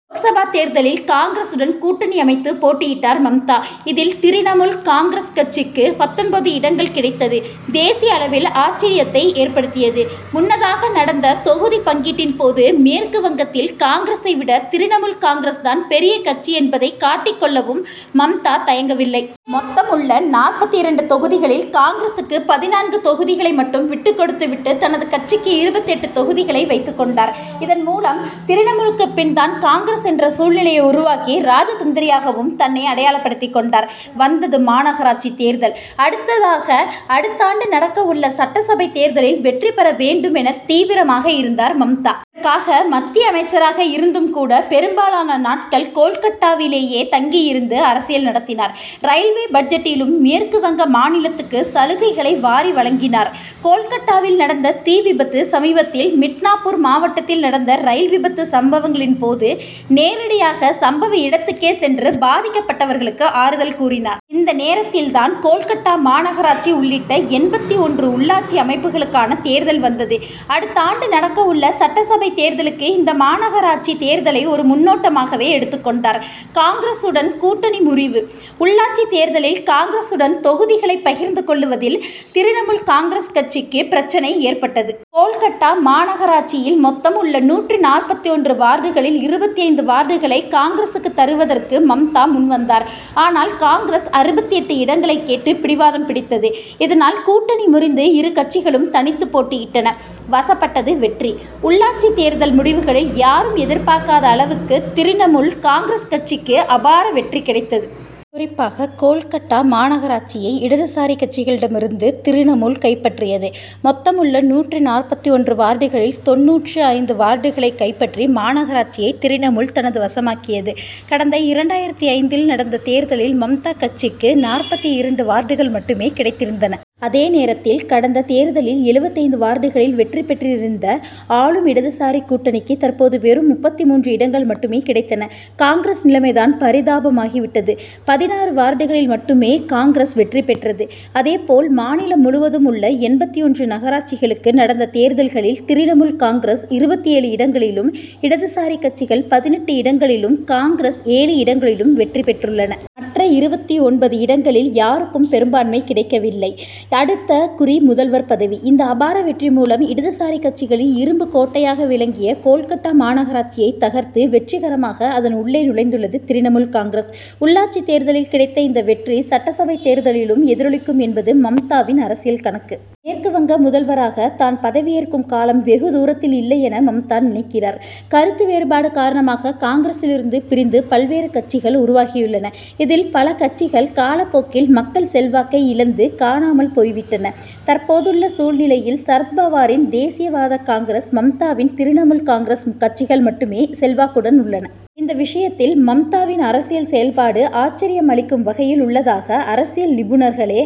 லோக்சபா தேர்தலில் காங்கிரசுடன் கூட்டணி அமைத்து போட்டியிட்டார் மம்தா. இதில் திரிணமுல் காங்கிரஸ் கட்சிக்கு பத்தொன்பது இடங்கள் கிடைத்தது தேசிய அளவில் ஆச்சர்யத்தை ஏற்படுத்தியது. முன்னதாக நடந்த தொகுதி பங்கீட்டின்போது மேற்கு வங்கத்தில் காங்கிரசை விட திரிணமுல் காங்கிரஸ் தான் பெரிய கட்சி என்பதை காட்டிக் கொள்ளவும் மம்தா தயங்கவில்லை. மொத்தம் உள்ள நாற்பத்து இரண்டு தொகுதிகளில் காங்கிரசுக்கு பதினான்கு தொகுதிகளை மட்டும் விட்டுகொடுத்து விட்டு தனது கட்சிக்கு இருபத்தெட்டு தொகுதிகளை வைத்துக் கொண்டார். இதன்மூலம் திரிணமுலுக்கு பின் தான் காங்கிரஸ் என்ற சூழ்நிலையை உருவாக்கி ராஜதந்திரியாகவும் தன்னை அடையாளப்படுத்தி கொண்டார். வந்தது மாநகராட்சி தேர்தல்: அடுத்ததாக அடுத்தாண்டு நடக்கவுள்ள சட்டசபை தேர்தலில் வெற்றி பெற வேண்டுமென தீவிரமாக இருந்தார் மம்தா. இதற்காக மத்திய அமைச்சராக இருந்தும் கூட பெரும்பாலான நாட்கள் கோல்கட்டாவிலேயே தங்கியிருந்து அரசியல் நடத்தினார். ரயில்வே பட்ஜெட்டிலும் மேற்கு வங்க மாநிலத்துக்கு சலுகைகளை வாரி வழங்கினார். கோல்கட்டாவில் நடந்த தீ விபத்து சமீபத்தில் மிட்னாபூர் மாவட்டத்தில் நடந்த ரயில் விபத்து சம்பவங்களின் போது நேரடியாக சம்பவ இடத்துக்கே சென்று பாதிக்கப்பட்டவர்களுக்கு ஆறுதல் கூறினார். இந்த நேரத்தில் தான் கோல்கட்டா மாநகராட்சி உள்ளிட்ட எண்பத்தொன்று உள்ளாட்சி அமைப்புகளுக்கான தேர்தல் வந்தது. அடுத்தாண்டு நடக்கவுள்ள சட்டசபை தேர்தலுக்கு இந்த மாநகராட்சி தேர்தலை ஒரு முன்னோட்டமாகவே எடுத்துக் கொண்டார். காங்.குடன் கூட்டணி முறிவு: உள்ளாட்சி தேர்தலில் காங்கிரசுடன் தொகுதிகளை பகிர்ந்து கொள்வதில் திரிணமுல் காங்கிரஸ் கட்சிக்கு பிரச்னை ஏற்பட்டது. கோல்கட்டா மாநகராட்சியில் மொத்தம் உள்ள நூற்று நாற்பத்து ஒன்று வார்டுகளில் இருபத்தைந்து வார்டுகளை காங்கிரசுக்கு தருவதற்கு மம்தா முன்வந்தார். ஆனால் காங்கிரஸ் அறுபத்தெட்டு இடங்களை கேட்டு பிடிவாதம் பிடித்தது. இதனால் கூட்டணி முறிந்து இரு கட்சிகளும் தனித்து போட்டியிட்டன. வசப்பட்டது வெற்றி: உள்ளாட்சி தேர்தல் முடிவுகளில் யாரும் எதிர்பார்க்காத அளவுக்கு திரிணமுல் காங்கிரஸ் கட்சிக்கு அபார வெற்றி கிடைத்தது. குறிப்பாக கோல்கட்டா மாநகராட்சியை இடதுசாரி கட்சிகளிகளிடமிருந்து திரிணமுல் கைப்பற்றியது. மொத்தம் உள்ள நூற்று நாற்பத்து ஒன்று வார்டுகளில் தொண்ணூற்று ஐந்து வார்டுகளை கைப்பற்றி மாநகராட்சியை திரிணமுல் தனது வசமாக்கியது. கடந்த இரண்டாயிரத்து ஐந்தில் நடந்த தேர்தலில் மம்தா கட்சிக்கு நாற்பத்து இரண்டு வார்டுகள் மட்டுமே கிடைத்திருந்தன. அதே நேரத்தில் கடந்த தேர்தலில் எழுபத்தைந்து வார்டுகளில் வெற்றி பெற்றிருந்த ஆளும் இடதுசாரி கூட்டணிக்கு தற்போது வெறும் முப்பத்து மூன்று இடங்கள் மட்டுமே கிடைத்தன. காங்கிரஸ் நிலைமை தான் பரிதாபமாகி விட்டது. பதினாறு வார்டுகளில் மட்டுமே காங்கிரஸ் வெற்றி பெற்றது. அதேபோல் மாநிலம் முழுவதும் உள்ள எண்பத்தொன்று நகராட்சிகளுக்கு நடந்த தேர்தல்களில் திரிணமுல் காங்கிரஸ் இருபத்தேழு இடங்களிலும் இடதுசாரி கட்சிகள் பதினெட்டு இடங்களிலும் காங்கிரஸ் ஏழு இடங்களிலும் வெற்றி பெற்றுள்ளன. மற்ற இருபத்தொன்பது இடங்களில் யாருக்கும் பெரும்பான்மை கிடைக்கவில்லை. அடுத்த குறி முதல்வர் பதவி: இந்த அபார வெற்றி மூலம் இடதுசாரி கட்சிகளின் இரும்புக் கோட்டையாக விளங்கிய கோல்கட்டா மாநகராட்சியை தகர்த்து வெற்றிகரமாக அதன் உள்ளே நுழைந்துள்ளது திரிணமுல் காங்கிரஸ். உள்ளாட்சி தேர்தலில் கிடைத்த இந்த வெற்றி சட்டசபை தேர்தலிலும் எதிரொலிக்கும் என்பது மம்தாவின் அரசியல் கணக்கு. மேற்கு வங்க முதல்வராக தான் பதவியேற்கும் காலம் வெகு தூரத்தில் இல்லையென மம்தா நினைக்கிறார். கருத்து வேறுபாடு காரணமாக காங்கிரசிலிருந்து பிரிந்து பல்வேறு கட்சிகள் உருவாகியுள்ளன. இதில் பல கட்சிகள் காலப்போக்கில் மக்கள் செல்வாக்கை இழந்து காணாமல் போய் விட்டன. தற்போதுள்ள சூழ்நிலையில் சரத்பவாரின் தேசியவாத காங்கிரஸ் மம்தாவின் திரிணமுல் காங்கிரஸ் கட்சிகள் மட்டுமே செல்வாக்குடன் உள்ளன. இந்த விஷயத்தில் மம்தாவின் அரசியல் செயல்பாடு ஆச்சர்யம் அளிக்கும் வகையில் உள்ளதாக அரசியல் நிபுணர்களே